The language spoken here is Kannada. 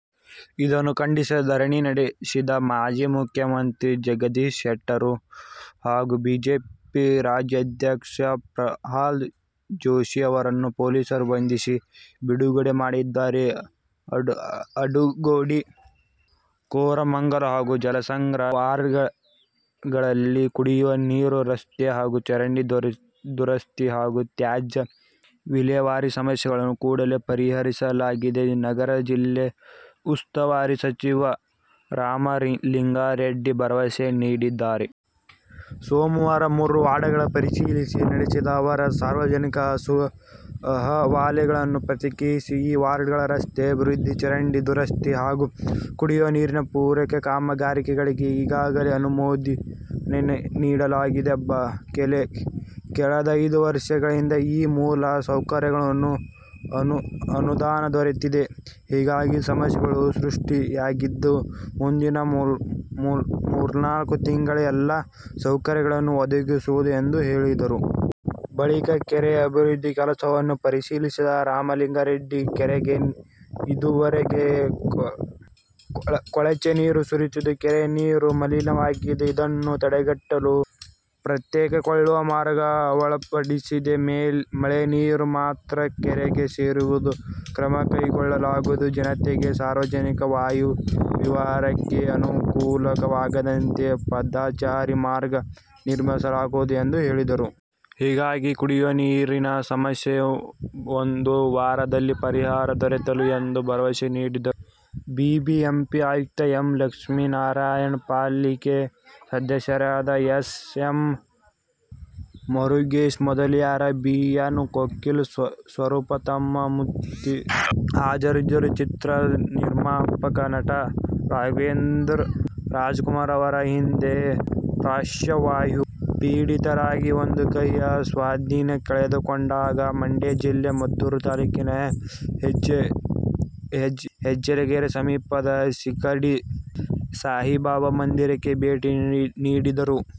ಇದನ್ನು ಖಂಡಿಸಿ ಧರಣಿ ನಡೆಸಿದ ಮಾಜಿ ಮುಖ್ಯಮಂತ್ರಿ ಜಗದೀಶ ಶೆಟ್ಟರ್ ಹಾಗೂಬಿಜೆಪಿ ರಾಜ್ಯಾಧ್ಯಕ್ಷ ಪ್ರಹ್ಲಾದ ಜೋಶಿ ಅವರನ್ನು ಪೊಲೀಸರು ಬಂಧಿಸಿ ಬಿಡುಗಡೆ ಮಾಡಿದ್ದಾರೆ. ಆಡುಗೋಡಿ, ಕೋರಮಂಗಲ ಹಾಗೂ ಜಕ್ಕಸಂದ್ರ ವಾರ್ಡ್ಗಳಲ್ಲಿನ ಕುಡಿಯುವ ನೀರು, ರಸ್ತೆ ಹಾಗೂ ಚರಂಡಿ ದುರಸ್ತಿ ಹಾಗೂ ತ್ಯಾಜ್ಯ ವಿಲೇವಾರಿ ಸಮಸ್ಯೆಗಳನ್ನು ಕೂಡಲೇ ಪರಿಹರಿಸುವುದಾಗಿ ನಗರ ಜಿಲ್ಲಾ ಉಸ್ತುವಾರಿ ಸಚಿವ ರಾಮಲಿಂಗಾರೆಡ್ಡಿ ಭರವಸೆ ನೀಡಿದ್ದಾರೆ. ಸೋಮವಾರ ಮೂರೂ ವಾರ್ಡ್ಗಳ ಪರಿಶೀಲನೆ ನಡೆಸಿದ ಅವರು, ಸಾರ್ವಜನಿಕರ ಅಹವಾಲುಗಳಿಗೆ ಪ್ರತಿಕ್ರಿಯಿಸಿ, ಈ ವಾರ್ಡ್ಗಳ ರಸ್ತೆ ಅಭಿವೃದ್ಧಿ, ಚರಂಡಿ ದುರಸ್ತಿ ಹಾಗೂ ಕುಡಿಯುವ ನೀರು ಪೂರೈಕೆ ಕಾಮಗಾರಿಗಳಿಗೆ ಈಗಾಗಲೇ ಅನುಮೋದನೆ ನೀಡಲಾಗಿದೆ. ಕಳೆದ ಐದು ವರ್ಷಗಳಿಂದ ಈ ಭಾಗದ ಮೂಲ ಸೌಕರ್ಯಗಳಿಗೆ ಅನುದಾನ ದೊರೆತಿಲ್ಲ. ಹೀಗಾಗಿ, ಸಮಸ್ಯೆಗಳು ಸೃಷ್ಟಿಯಾಗಿದ್ದು ಮುಂದಿನ ಮೂರ್ನಾಲ್ಕು ತಿಂಗಳಲ್ಲಿ ಎಲ್ಲಾ ಸೌಕರ್ಯಗಳನ್ನೂ ಒದಗಿಸಲಾಗುವುದು ಎಂದು ಹೇಳಿದರು. ಬಳಿಕ ಕೆರೆ ಅಭಿವೃದ್ಧಿ ಕೆಲಸವನ್ನು ಪರಿಶೀಲಿಸಿದ ರಾಮಲಿಂಗಾರೆಡ್ಡಿ, ಕೆರೆಗೆ ಇದುವರೆಗೆ ಕೊಳಚೆ ನೀರು ಸೇರುತ್ತಿದ್ದು ಕೆರೆ ನೀರು ಮಲಿನವಾಗಿದೆ. ಇದನ್ನು ತಡೆಗಟ್ಟಲು ಪ್ರತ್ಯೇಕ ಕೊಳವೆ ಮಾರ್ಗ ಅಳವಡಿಸಿದ್ದು, ಮಳೆ ನೀರು ಮಾತ್ರ ಕೆರೆಗೆ ಸೇರಲು ಕ್ರಮ ಕೈಗೊಳ್ಳಲಾಗುವುದು. ಜತೆಗೆ, ಸಾರ್ವಜನಿಕರಿಗೆ ವಾಯುವಿಹಾರಕ್ಕೆ ಅನುಕೂಲವಾಗುವಂತೆ ಪಾದಚಾರಿ ಮಾರ್ಗ ನಿರ್ಮಿಸಲಾಗುವುದು ಎಂದು ಹೇಳಿದರು. ಹೀಗಾಗಿ ಕುಡಿಯುವ ನೀರಿನ ಸಮಸ್ಯೆಗೆ ಒಂದು ವಾರದಲ್ಲಿ ಪರಿಹಾರ ದೊರೆಯಲಿದೆ ಎಂದು ಭರವಸೆ ನೀಡಿದರು. ಬಿಬಿಎಂಪಿ ಆಯುಕ್ತ ಎಂ. ಲಕ್ಷ್ಮೀನಾರಾಯಣ, ಪಾಲಿಕೆ ಸದಸ್ಯರಾದ S. M. Murugesh Mudaliar, B. N. Kokila, Saraswathamma ಮತ್ತಿತರರು ಹಾಜರಿದ್ದರು. ಚಿತ್ರ ನಿರ್ಮಾಪಕ, ನಟ ರಾಘವೇಂದ್ರ ರಾಜ್ಕುಮಾರ್ ಅವರು ಈ ಹಿಂದೆ ಪಾರ್ಶ್ವವಾಯು ಪೀಡಿತರಾಗಿ ಒಂದು ಕೈಯ ಸ್ವಾಧೀನ ಕಳೆದುಕೊಂಡಿದ್ದಾಗ ಮಂಡ್ಯ ಜಿಲ್ಲೆ ಮದ್ದೂರು ತಾಲೂಕಿನ ಗೆಜ್ಜಲಗೆರೆ ಸಮೀಪವಿರುವ ಶಿರಡಿ ಸಾಯಿಬಾಬಾ ಮಂದಿರಕ್ಕೆ ಭೇಟಿ ನೀಡಿದ್ದರು.